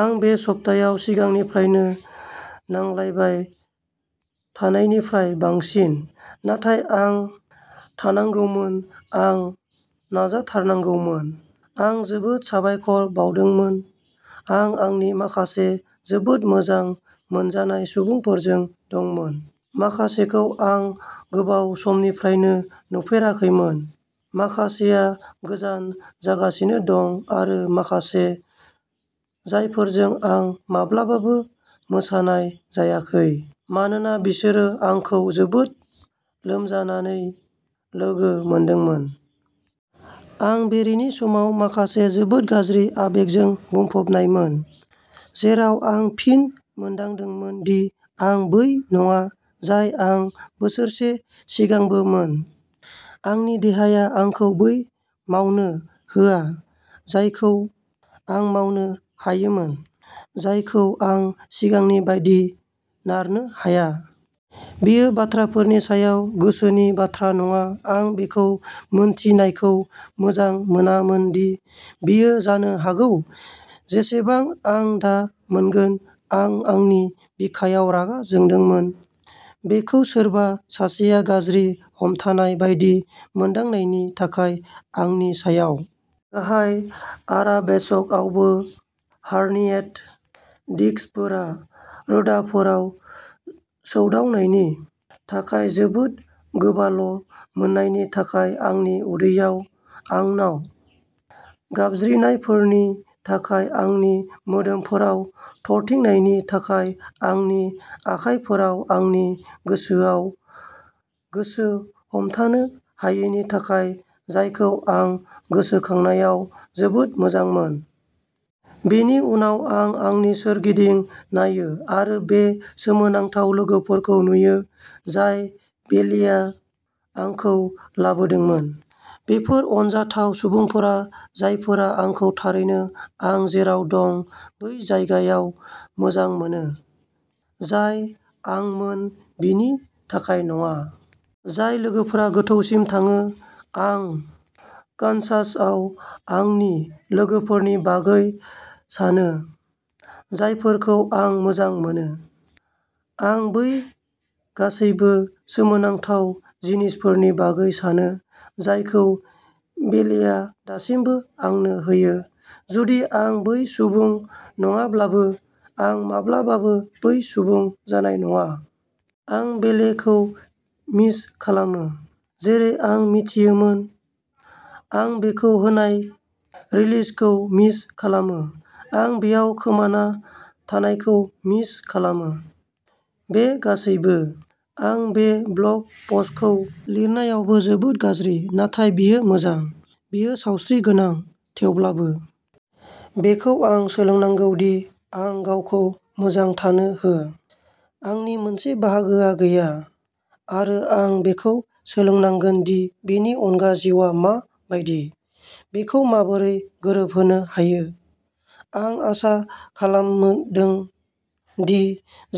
आं बे सप्तायाव सिगांनिफ्रायनो नांलायबाय थानायनिफ्राय बांसिन, नाथाय आं थानांगौमोन आं नाजाथारनांगौमोन। आं जोबोद साबायखर बावदोंमोन। आं आंनि माखासे जोबोद मोजां मोनजानाय सुबुंफोरजों दंमोन, माखासेखौ आं गोबाव समनिफ्रायनो नुफेराखैमोन, माखासेया गोजान जागासिनो दं आरो माखासे जायफोरजों आं माब्लाबाबो मोसानाय जायाखै, मानोना बिसोरो आंखौ जोबोद लोमजानानै लोगो मोनदोंमोन। आं बेरेनि समाव माखासे जोबोद गाज्रि आबेगजों बुंफबनायमोन। जेराव आं फिन मोनदांदोंमोन दि आं बै नङा जाय आं बोसोरसे सिगांबोमोन। आंनि देहाया आंखौ बै मावनो होआ जायखौ आं मावनो हायोमोन। जायखौ आं सिगांनि बायदि नारनो हाया। बेयो बाथ्राफोरनि सायाव गोसोनि बाथ्रा नङा। आं बेखौ मिन्थिनायखौ मोजां मोनामोन दि बियो जानो हागौ जेसेबां आं दा मोनगोन। आं आंनि बिखायाव रागा जोंदोंमोन, बेखौ सोरबा सासेआ गाज्रि हमथानाय बायदि मोनदांनायनि थाखाय आंनि सायाव। गाहाय आराबेसकआवबो हार्नियेट डिस्कफोरा रोदाफोराव सौदावनायनि थाखाय जोबोद गोबाल' मोननायनि थाखाय आंनि उदैयाव आंनाव गाबज्रिनायफोरनि थाखाय आंनि मोदोमफोराव थरथिंनायनि थाखाय आंनि आखायफोराव आंनि गोसोआव गोसो हमथानो हायैनि थाखाय जायखौ आं गोसोखांनायाव जोबोद मोजांमोन। बेनि उनाव आं आंनि सोरगिदिं नायो आरो बे सोमोनांथाव लोगोफोरखौ नुयो, जाय बेलेआ आंखौ लाबोदोंमोन। बेफोर अनजाथाव सुबुंफोरा जायफोरा आंखौ थारैनो आं जेराव दं, बै जायगायाव मोजां मोनो, जाय आंमोन बिनि थाखाय नङा। जाय लोगोफोरा गोथौसिम थाङो। आं कानसासआव आंनि लोगोफोरनि बागै सानो, जायफोरखौ आं मोजां मोनो। आं बै गासैबो सोमोनांथाव जिनिसफोरनि बागै सानो, जायखौ बेलेआ दासिमबो आंनो होयो, जुदि आं बै सुबुं नङाब्लाबो, आं माब्लाबाबो बै सुबुं जानाय नङा। आं बेलेखौ मिस खालामो, जेरै आं मिथियोमोन। आं बेखौ होनाय रिलिजखौ मिस खालामो, आं बेयाव खोमाना थानायखौ मिस खालामो। बे गासैबो। आं बे ब्ल'ग पस्टखौ लिरनायावबो जोबोद गाज्रि। नाथाय बेयो मोजां। बेयो सावस्रि गोनां, थेवब्लाबो। बेखौ आं सोलोंनांगौ दि आं गावखौ मोजां थानो हो। आंनि मोनसे बाहागोआ गैया, आरो आं बेखौ सोलोंनांगोन दि बेनि अनगा जिउआ मा बायदि, बेखौ माबोरै गोरोबहोनो हायो। आं आसा खालामदों दि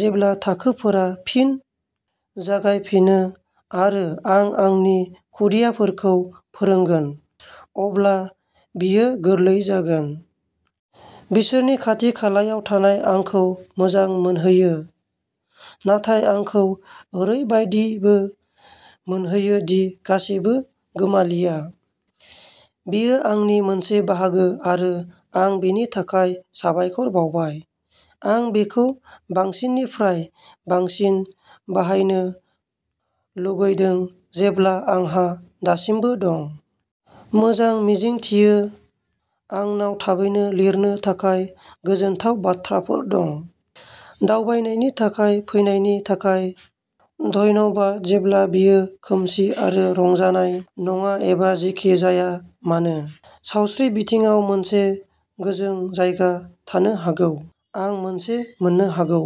जेब्ला थाखोफोरा फिन जागायफिनो आरो आं आंनि खुदियाफोरखौ फोरोंगोन, अब्ला बेयो गोरलै जागोन। बिसोरनि खाथि-खालायाव थानाय आंखौ मोजां मोनहोयो, नाथाय आंखौ ओरैबायदिबो मोनहोयो दि गासिबो गोमालिया। बेयो आंनि मोनसे बाहागो आरो आं बेनि थाखाय साबायखर बावबाय। आं बेखौ बांसिननिफ्राय बांसिन बाहायनो लुगैदों जेब्ला आंहा दासिमबो दं। मोजां मिजिंथियो आंनाव थाबैनो लिरनो थाखाय गोजोनथाव बाथ्राफोर दं। दावबायनायनि थाखाय फैनायनि थाखाय धन्यबाद जेब्ला बेयो खोमसि आरो रंजानाय नङा एबा जेखि जाया मानो। सावस्रि बिथिङाव मोनसे गोजों जायगा थानो हागौ। आं मोनसे मोननो हागौ।